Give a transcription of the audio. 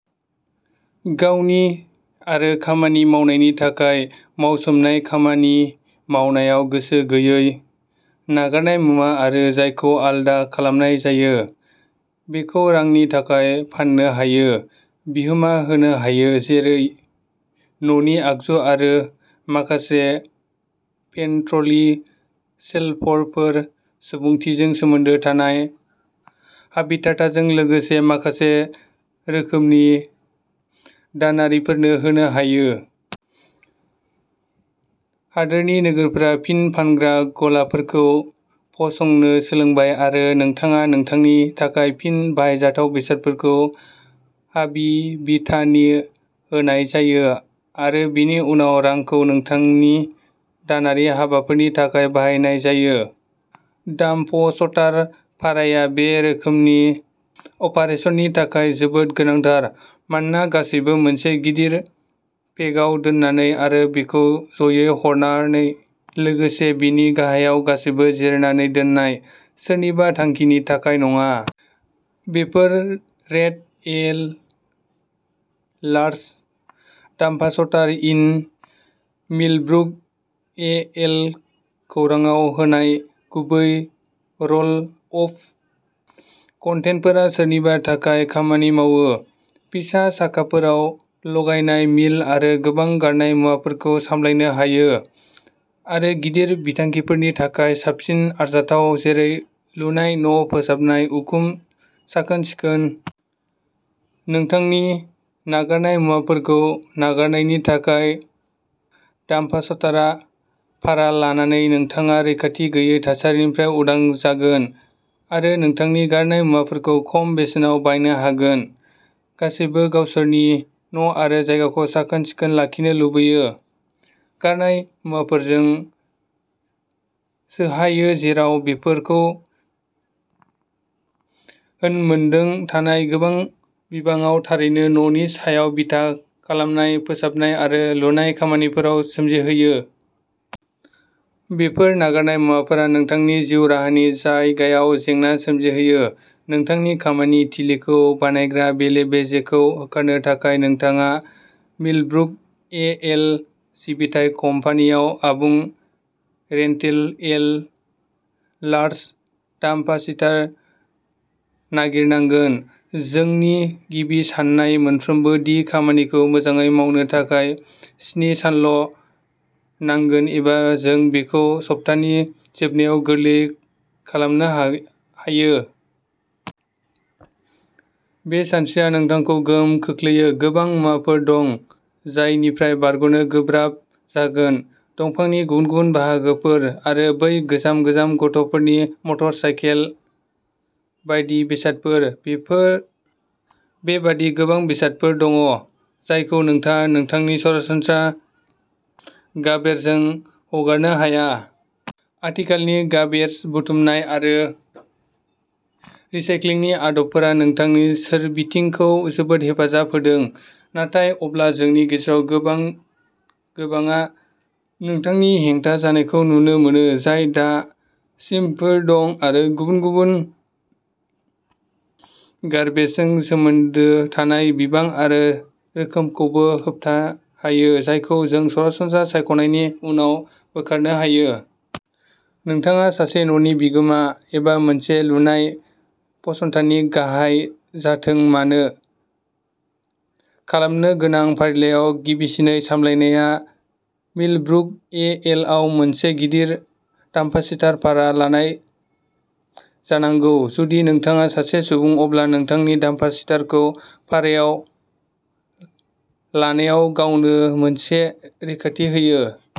गावनि आरो खामानि मावनायनि थाखाय मावसोमनाय खामानि मावनायाव गोसो गैयै। नागारनाय मुवा आरो जायखौ आलदा खालामनाय जायो, बेखौ रांनि थाखाय फाननो हायो, बिहोमा होनो हायो, एबा जेरै न'नि आगजु आरो माखासे पेन्ट्रलि शेल्फफोर सुबुंथिजों सोमोन्दो थानाय हाबिटाटाजों लोगोसे माखासे रोखोमनि दानारिफोरनो होनो हायो। हादोरनि नोगोरफोरा फिन फानग्रा गलाफोरखौ फसंनो सोलोंबाय आरो नोंथाङा नोंथांनि थाखाय फिन बाहायजाथाव बेसादफोरखौ हाबि बिटानो होनाय जायो आरो बेनि उनाव रांखौ नोंथांनि दानारि हाबाफोरनि थाखाय बाहायनाय जायो। डाम्पस'टार भाराया बे रोखोमनि अपारेसननि थाखाय जोबोद गोनांथार मानोना गासैबो मोनसे गिदिर पेकआव दोननानै आरो बेखौ जयै गारहरनानै, लोगोसे बेनि गाहायाव गासिबो जिरायनानै दोननाय, सोरनिबा थांखिनि थाखाय नङा। Before rent a large dumpster in Millbrook, A L खौरांआव होनाय गुबै रल अफ कन्टेनारफोरा सोरनिबा थाखाय खामानि मावो। फिसा साखाफोराव लागायनाय मिल आरो गोबां गारनाय मुवाफोरखौ सामलायनो हायो आरो गिदिर बिथांखिफोरनि थाखाय साबसिन आरजाथाव, जेरै लुनाय, न' फोसाबनाय, उखुम साखोन-सिखोन। नोंथांनि गारनाय मुवाफोरखौ गारनायनि थाखाय डाम्पस्टार भारा लानानै, नोंथाङा रैखाथि गैयै थासारिफोरनिफ्राय उदां जागोन आरो नोंथांनि गारनाय मुवाफोरखौ खम बेसेनाव बायनो हागोन। गासैबो गावसोरनि न'आरो जायगाखौ साखोन-सिखोन लाखिनो लुबैयो। गारनाय मुवाफोरजों सोहायो जेराव बेफोरखौ होनामोन्दो थानाय गोबां बिबाङा थारैनो न'नि सायाव बिथा खालामनाय फोसाबनाय आरो लुनाय खामानिफोराव सोमजिहोजायो। बेफोर गारनाय मुवाफोरा नोंथांनि जिउ राहानि जायगायाव जेंना सोमजिहोयो। नोंथांनि खामानि थिलिखौ बानायग्रा बेले-बेजेखौ होखारनो थाखाय, नोंथाङा मिलब्रुक, ए. एल. सिबिथाइ कम्पानिआव आबुं रेन्ट ए लार्ज डाम्पस्टार नागिरनांगोन। जोंनि गिबि सान्नाय मोनफ्रोमबो दि खामानिखौ मोजाङै मावनो थाखाय स्नि सानल' नांगोन एबा जों बेखौ सप्तानि जोबनायाव गोरलैयै खालामनो हागोन। बे सानस्रिया नोंथांखौ गोहोम खोख्लैयो। गोबां मुवाफोर दं जायनिफ्राय बारग'नो गोब्राब जागोन। दंफांनि गुबुन गुबुन बाहागोफोर आरो बै गोजाम गोजाम गथ'फोरनि मटर साइकेल बायदि बेसादफोर। बेबादि गोबां बेसादफोर दं जायखौ नोंथाङा नोंथांनि सरासनस्रा गार्बेजजों हगारनो हाया। आथिखालनि गार्बेज बुथुमनाय आरो रिसाइक्लिंनि आदबफोरा नोंथांनि सोरबिथिंखौ जोबोद हेफाजाब होदों। नाथाय अब्ला जोंनि गेजेराव गोबांआ नोंथांनि हेंथा जानायखौ नुनो मोनो, जाय दा सिमाफोर दं आरो गुबुन गुबुन गार्बेजजों सोमोन्दो थानाय बिबां आरो रोखोमखौबो होबथायो, जायखौ जों सरासनस्रा सायख'नायनि जाउनाव बोखारनो हायो। नोंथाङा सासे न'नि बिगोमा एबा मोनसे लुनाय फसंथाननि गाहाय जाथों मानो, खालामनो गोनां फारिलाइयाव गिबिसिनै सामलायनाया मिलब्रुक, ए. एल. आव मोनसे गिदिर डाम्पस्टार भारा लानाय जानांगौ। जुदि नोंथाङा सासे सुबुं, अब्ला नोंथांनि डाम्पस्टारखौ भारायाव लानाया गावनो मोनसे रैखाथि होयो।